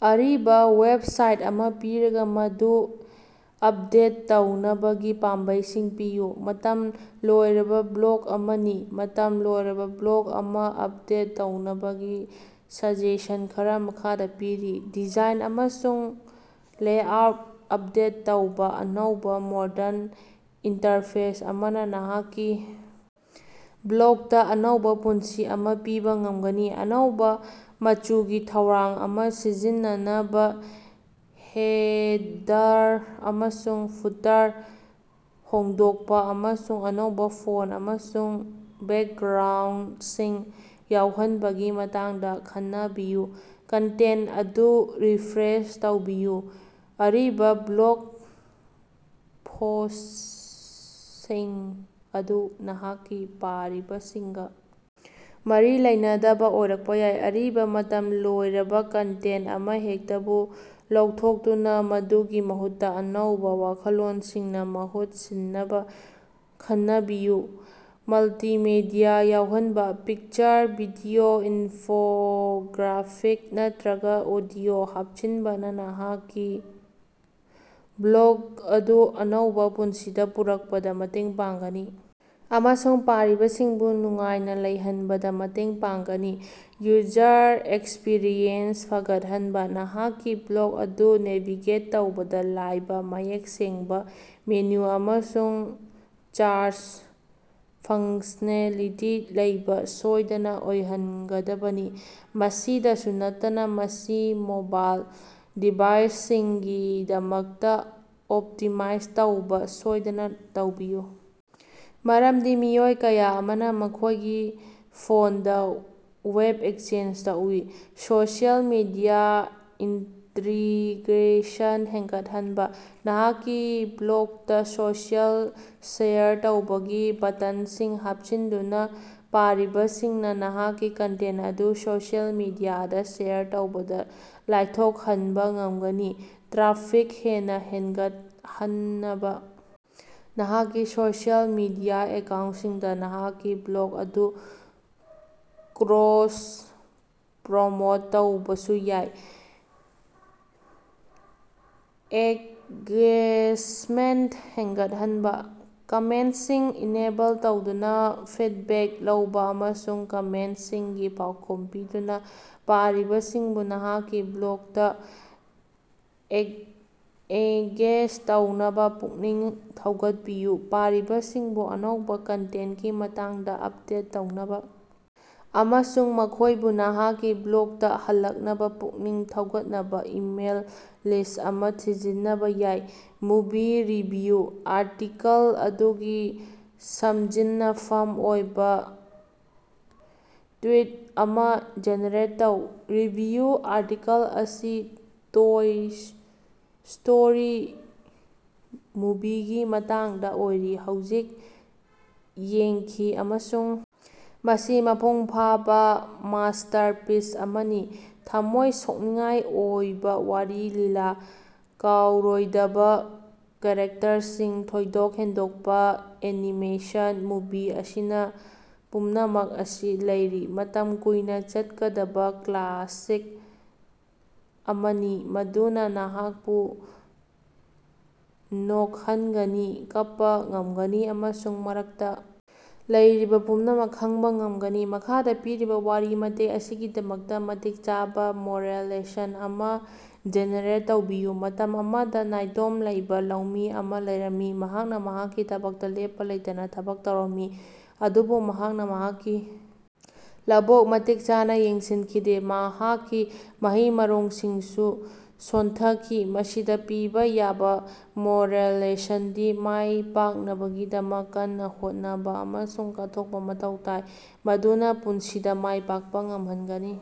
ꯑꯔꯤꯕꯥ ꯋꯦꯕꯁꯥꯏꯠ ꯑꯃꯥ ꯄꯤꯔꯒꯥ, ꯃꯗꯨ ꯑꯞꯗꯦꯠ ꯇꯧꯅꯕꯒꯤ ꯄꯥꯝꯕꯩꯁꯤꯡ ꯄꯤꯌꯨ꯫ ꯃꯇꯝ ꯂꯣꯏꯔꯕꯥ ꯕ꯭ꯂꯣꯛ ꯑꯃꯅꯤ꯫ ꯃꯇꯝ ꯂꯣꯏꯔꯕꯥ ꯕ꯭ꯂꯣꯛ ꯑꯃꯥ ꯑꯞꯗꯦꯠ ꯇꯧꯅꯕꯒꯤ ꯁꯖꯦꯁꯟ ꯈꯔꯥ ꯃꯈꯥꯗꯥ ꯄꯤꯔꯤ: ꯗꯤꯖꯥꯏꯟ ꯑꯃꯁꯨꯡ ꯂꯦꯑꯥꯎꯠ ꯑꯞꯗꯦꯠ ꯇꯧꯕꯥ: ꯑꯅꯧꯕꯥ, ꯃꯣꯔꯗꯟ ꯏꯟꯇꯔꯐꯦꯁ ꯑꯃꯅꯥ ꯅꯍꯥꯛꯀꯤ ꯕ꯭ꯂꯣꯛꯇꯥ ꯑꯅꯧꯕꯥ ꯄꯨꯟꯁꯤ ꯑꯃꯥ ꯄꯤꯕꯥ ꯉꯝꯒꯅꯤ꯫ ꯑꯅꯧꯕꯥ ꯃꯆꯨꯒꯤ ꯊꯧꯔꯥꯡ ꯑꯃꯥ ꯁꯤꯖꯤꯟꯅꯅꯕꯥ, ꯍꯦꯗꯔ ꯑꯃꯁꯨꯡ ꯐꯨꯇꯔ ꯍꯣꯡꯗꯣꯛꯄꯥ ꯑꯃꯁꯨꯡ ꯑꯅꯧꯕꯥ ꯐꯣꯟ ꯑꯃꯁꯨꯡ ꯕꯦꯛꯒ꯭ꯔꯥꯎꯟꯗꯁꯤꯡ ꯌꯥꯎꯍꯟꯕꯒꯤ ꯃꯇꯥꯡꯗꯥ ꯈꯟꯅꯕꯤꯌꯨ꯫ ꯀꯟꯇꯦꯟ ꯑꯗꯨ ꯔꯤꯐ꯭ꯔꯦꯁ ꯇꯧꯕꯤꯌꯨ: ꯑꯔꯤꯕꯥ ꯕ꯭ꯂꯣꯛ ꯄꯣꯁꯁꯤꯡ ꯑꯗꯨ ꯅꯍꯥꯛꯀꯤ ꯄꯥꯔꯤꯕꯁꯤꯡꯒꯥ ꯃꯔꯤ ꯂꯩꯅꯗꯕꯥ ꯑꯣꯏꯔꯛꯄꯥ ꯌꯥꯏ꯫ ꯑꯔꯤꯕꯥ, ꯃꯇꯝ ꯂꯣꯏꯔꯕꯥ ꯀꯟꯇꯦꯟ ꯑꯃꯍꯦꯛꯇꯕꯨ ꯂꯧꯊꯣꯛꯇꯨꯅꯥ ꯃꯗꯨꯒꯤ ꯃꯍꯨꯠꯇꯥ ꯑꯅꯧꯕꯥ ꯋꯥꯈꯜꯂꯣꯟꯁꯤꯡꯅꯥ ꯃꯍꯨꯠ ꯁꯤꯟꯅꯕꯥ ꯈꯟꯅꯕꯤꯌꯨ꯫ ꯃꯜꯇꯤꯃꯦꯗꯤꯌꯥ ꯌꯥꯎꯍꯟꯕꯥ: ꯄꯤꯛꯆꯔ, ꯚꯤꯗꯤꯑꯣ, ꯏꯟꯐꯣꯒ꯭ꯔꯥꯐꯤꯛ ꯅꯠꯇ꯭ꯔꯒꯥ ꯑꯣꯗꯤꯑꯣ ꯍꯥꯞꯆꯤꯟꯕꯅꯥ ꯅꯍꯥꯛꯀꯤ ꯕ꯭ꯂꯣꯒ ꯑꯗꯨ ꯑꯅꯧꯕꯥ ꯄꯨꯟꯁꯤꯗꯥ ꯄꯨꯔꯛꯄꯗꯥ ꯃꯇꯦꯡ ꯄꯥꯡꯒꯅꯤ ꯑꯃꯁꯨꯡ ꯄꯥꯔꯤꯕꯁꯤꯡꯕꯨ ꯅꯨꯡꯉꯥꯏꯅꯥ ꯂꯩꯍꯟꯕꯗꯥ ꯃꯇꯦꯡ ꯄꯥꯡꯒꯅꯤ꯫ ꯌꯨꯖꯔ ꯑꯦꯛꯁꯄꯤꯔꯤꯑꯦꯟꯁ ꯐꯒꯠꯍꯟꯕꯥ: ꯅꯍꯥꯛꯀꯤ ꯕ꯭ꯂꯣꯛ ꯑꯗꯨ ꯅꯦꯚꯤꯒꯦꯠ ꯇꯧꯕꯗꯥ ꯂꯥꯏꯕꯥ, ꯃꯌꯦꯛ ꯁꯦꯡꯕꯥ ꯃꯦꯅꯨ ꯑꯃꯁꯨꯡ ꯁꯥꯔꯆ ꯐꯪꯁ꯭ꯅꯦꯂꯤꯇꯤ ꯂꯩꯕꯥ ꯁꯣꯏꯗꯅꯥ ꯑꯣꯏꯍꯟꯒꯗꯕꯅꯤ꯫ ꯃꯁꯤꯗꯁꯨ ꯅꯠꯇꯅꯥ, ꯃꯁꯤ ꯃꯣꯕꯥꯏꯜ ꯗꯤꯚꯥꯏꯁꯁꯤꯡꯒꯤꯗꯃꯛꯇꯥ ꯑꯣꯞꯇꯤꯃꯥꯏꯖ ꯇꯧꯕꯥ ꯁꯣꯏꯗꯅꯥ ꯇꯧꯕꯤꯌꯨ, ꯃꯔꯝꯗꯤ ꯃꯤꯑꯣꯏ ꯀꯌꯥ ꯑꯃꯅꯥ ꯃꯈꯣꯏꯒꯤ ꯐꯣꯟꯗꯥ ꯋꯦꯕ ꯑꯦꯛꯁꯦꯁ ꯇꯧꯏ꯫ ꯁꯣꯁꯤꯑꯦꯜ ꯃꯤꯗꯤꯌꯥ ꯏꯟꯇꯤꯒ꯭ꯔꯦꯁꯟ ꯍꯦꯟꯒꯠꯍꯟꯕꯥ: ꯅꯍꯥꯛꯀꯤ ꯕ꯭ꯂꯣꯛꯇꯥ ꯁꯣꯁꯤꯑꯦꯜ ꯁꯦꯌꯔ ꯇꯧꯕꯒꯤ ꯕꯇꯟꯁꯤꯡ ꯍꯥꯞꯆꯤꯟꯗꯨꯅꯥ ꯄꯥꯔꯤꯕꯁꯤꯡꯅꯥ ꯅꯍꯥꯛꯀꯤ ꯀꯟꯇꯦꯟ ꯑꯗꯨ ꯁꯣꯁꯤꯑꯦꯜ ꯃꯤꯗꯤꯌꯥꯗꯥ ꯁꯦꯌꯔ ꯇꯧꯕꯗꯥ ꯂꯥꯏꯊꯣꯛꯍꯟꯕꯥ ꯉꯝꯒꯅꯤ꯫ ꯇ꯭ꯔꯥꯐꯤꯛ ꯍꯦꯟꯅꯥ ꯍꯦꯟꯒꯠꯍꯟꯅꯕꯥ ꯅꯍꯥꯛꯀꯤ ꯁꯣꯁꯤꯑꯦꯜ ꯃꯤꯗꯤꯌꯥ ꯑꯦꯀꯥꯎꯟꯁꯤꯡꯗꯥ ꯅꯍꯥꯛꯀꯤ ꯕ꯭ꯂꯣꯛ ꯑꯗꯨ ꯀ꯭ꯔꯣꯁ-ꯄ꯭ꯔꯣꯃꯣꯠ ꯇꯧꯕꯁꯨ ꯌꯥꯏ꯫ꯑꯦꯡꯒꯦꯖꯃꯦꯟꯇ ꯍꯦꯟꯒꯠꯍꯟꯕꯥ: ꯀꯃꯦꯟꯁꯤꯡ ꯏꯅꯦꯕꯜ ꯇꯧꯗꯨꯅꯥ, ꯐꯤꯠꯕꯦꯛ ꯂꯧꯕꯥ ꯑꯃꯁꯨꯡ ꯀꯃꯦꯟꯇꯁꯤꯡꯒꯤ ꯄꯥꯎꯈꯨꯝ ꯄꯤꯗꯨꯅꯥ ꯄꯥꯔꯤꯕꯁꯤꯡꯕꯨ ꯅꯍꯥꯛꯀꯤ ꯕ꯭ꯂꯣꯛꯇꯥ ꯑꯦꯡꯒꯦꯖ ꯇꯧꯅꯕꯥ ꯄꯨꯛꯅꯤꯡ ꯊꯧꯒꯠꯄꯤꯌꯨ꯫ ꯄꯥꯔꯤꯕꯁꯤꯡꯕꯨ ꯑꯅꯧꯕꯥ ꯀꯟꯇꯦꯟꯀꯤ ꯃꯇꯥꯡꯗꯥ ꯑꯞꯗꯦꯠ ꯇꯧꯅꯕꯥ ꯑꯃꯁꯨꯡ ꯃꯈꯣꯏꯕꯨ ꯅꯍꯥꯛꯀꯤ ꯕ꯭ꯂꯣꯛꯇꯥ ꯍꯜꯂꯛꯅꯕꯥ ꯄꯨꯛꯅꯤꯡ ꯊꯧꯒꯠꯅꯕꯥ ꯏꯃꯦꯜ ꯂꯤꯁ ꯑꯃꯁꯨ ꯁꯤꯖꯤꯟꯅꯕꯥ ꯌꯥꯏ꯫ ꯃꯨꯚꯤ ꯔꯤꯚꯤꯌꯨ ꯑꯥꯔꯇꯤꯀꯜ ꯑꯗꯨꯒꯤ ꯁꯝꯖꯤꯟꯅꯐꯝ ꯑꯣꯏꯕꯥ ꯇ꯭ꯋꯤꯠ ꯑꯃꯥ ꯖꯦꯅꯦꯔꯦꯠ ꯇꯧ꯫ ꯔꯤꯚꯤꯌꯨ ꯑꯥꯔꯇꯤꯀꯜ ꯑꯁꯤ ꯇꯣꯏ ꯁ꯭ꯇꯣꯔꯤ ꯃꯨꯚꯤꯒꯤ ꯃꯇꯥꯡꯗꯥ ꯑꯣꯏꯔꯤ꯫ ꯍꯧꯖꯤꯛ ꯌꯦꯡꯈꯤ ꯑꯃꯁꯨꯡ ꯃꯁꯤ ꯃꯄꯨꯡ ꯐꯥꯕ ꯃꯥꯁ꯭ꯇꯔꯄꯤꯁ ꯑꯃꯅꯤ꯫ ꯊꯝꯃꯣꯏ ꯁꯣꯛꯅꯤꯡꯉꯥꯏ ꯑꯣꯏꯕꯥ ꯋꯥꯔꯤ ꯂꯤꯕꯥ, ꯀꯥꯎꯔꯣꯏꯗꯕꯥ ꯀꯥꯔꯦꯛꯇꯔꯁꯤꯡ, ꯊꯣꯏꯗꯣꯛ ꯍꯦꯟꯗꯣꯛꯄꯥ ꯑꯦꯅꯤꯃꯦꯁꯟ – ꯃꯨꯚꯤ ꯑꯁꯤꯅꯥ ꯄꯨꯝꯅꯃꯛ ꯑꯁꯤ ꯂꯩꯔꯤ꯫ ꯃꯇꯝ ꯀꯨꯏꯅꯥ ꯆꯠꯀꯗꯕꯥ ꯀ꯭ꯂꯥꯁꯤꯛ ꯑꯃꯅꯤ ꯃꯗꯨꯅꯥ ꯅꯍꯥꯛꯄꯨ ꯅꯣꯛꯍꯟꯒꯅꯤ, ꯀꯞꯄꯥ ꯉꯝꯒꯅꯤ ꯑꯃꯁꯨꯡ ꯃꯔꯛꯇꯥ ꯂꯩꯔꯤꯕꯥ ꯄꯨꯝꯅꯃꯛ ꯈꯪꯕ ꯉꯝꯒꯅꯤ꯫ ꯃꯈꯥꯗꯥ ꯄꯤꯔꯤꯕꯥ ꯋꯥꯔꯤ ꯃꯇꯦꯛ ꯑꯁꯤꯒꯤꯗꯃꯛꯇꯥ ꯃꯇꯤꯛ ꯆꯥꯕꯥ ꯃꯣꯔꯦꯜ ꯂꯦꯁꯟ ꯑꯃꯥ ꯖꯦꯅꯦꯔꯦꯠ ꯇꯧꯕꯤꯌꯨ꯫ ꯃꯇꯝ ꯑꯃꯗꯥ ꯅꯥꯏꯇꯣꯝ ꯂꯩꯕꯥ ꯂꯧꯃꯤ ꯑꯃꯥ ꯂꯩꯔꯝꯃꯤ, ꯃꯍꯥꯛꯅꯥ ꯃꯍꯥꯛꯀꯤ ꯊꯕꯛꯇꯥ ꯂꯦꯞꯄꯥ ꯂꯩꯇꯅꯥ ꯊꯕꯛ ꯇꯧꯔꯝꯃꯤ꯫ ꯑꯗꯨꯕꯨ ꯃꯍꯥꯛꯅꯥ ꯃꯍꯥꯛꯀꯤ ꯂꯧꯕꯨꯛ ꯃꯇꯤꯛ ꯆꯥꯅꯥ ꯌꯦꯡꯁꯤꯟꯈꯤꯗꯦ, ꯃꯍꯥꯛꯀꯤ ꯃꯍꯩ-ꯃꯔꯣꯡꯁꯤꯡꯁꯨ ꯁꯣꯟꯊꯈꯤ꯫ ꯃꯁꯤꯗ ꯄꯤꯕꯥ ꯌꯥꯕ ꯃꯣꯔꯦꯜ ꯂꯦꯁꯟꯗꯤ ꯃꯥꯏꯄꯥꯛꯅꯕꯒꯤꯗꯃꯛ ꯀꯟꯅꯥ ꯍꯣꯠꯅꯕꯥ ꯑꯃꯁꯨꯡ ꯀꯠꯊꯣꯛꯄꯥ ꯃꯊꯧ ꯇꯥꯏ꯫ ꯃꯥꯗꯨꯅꯥ ꯄꯨꯟꯁꯤꯗꯥ ꯃꯥꯏ ꯄꯥꯛꯄꯥ ꯉꯝꯍꯟꯒꯅꯤ꯫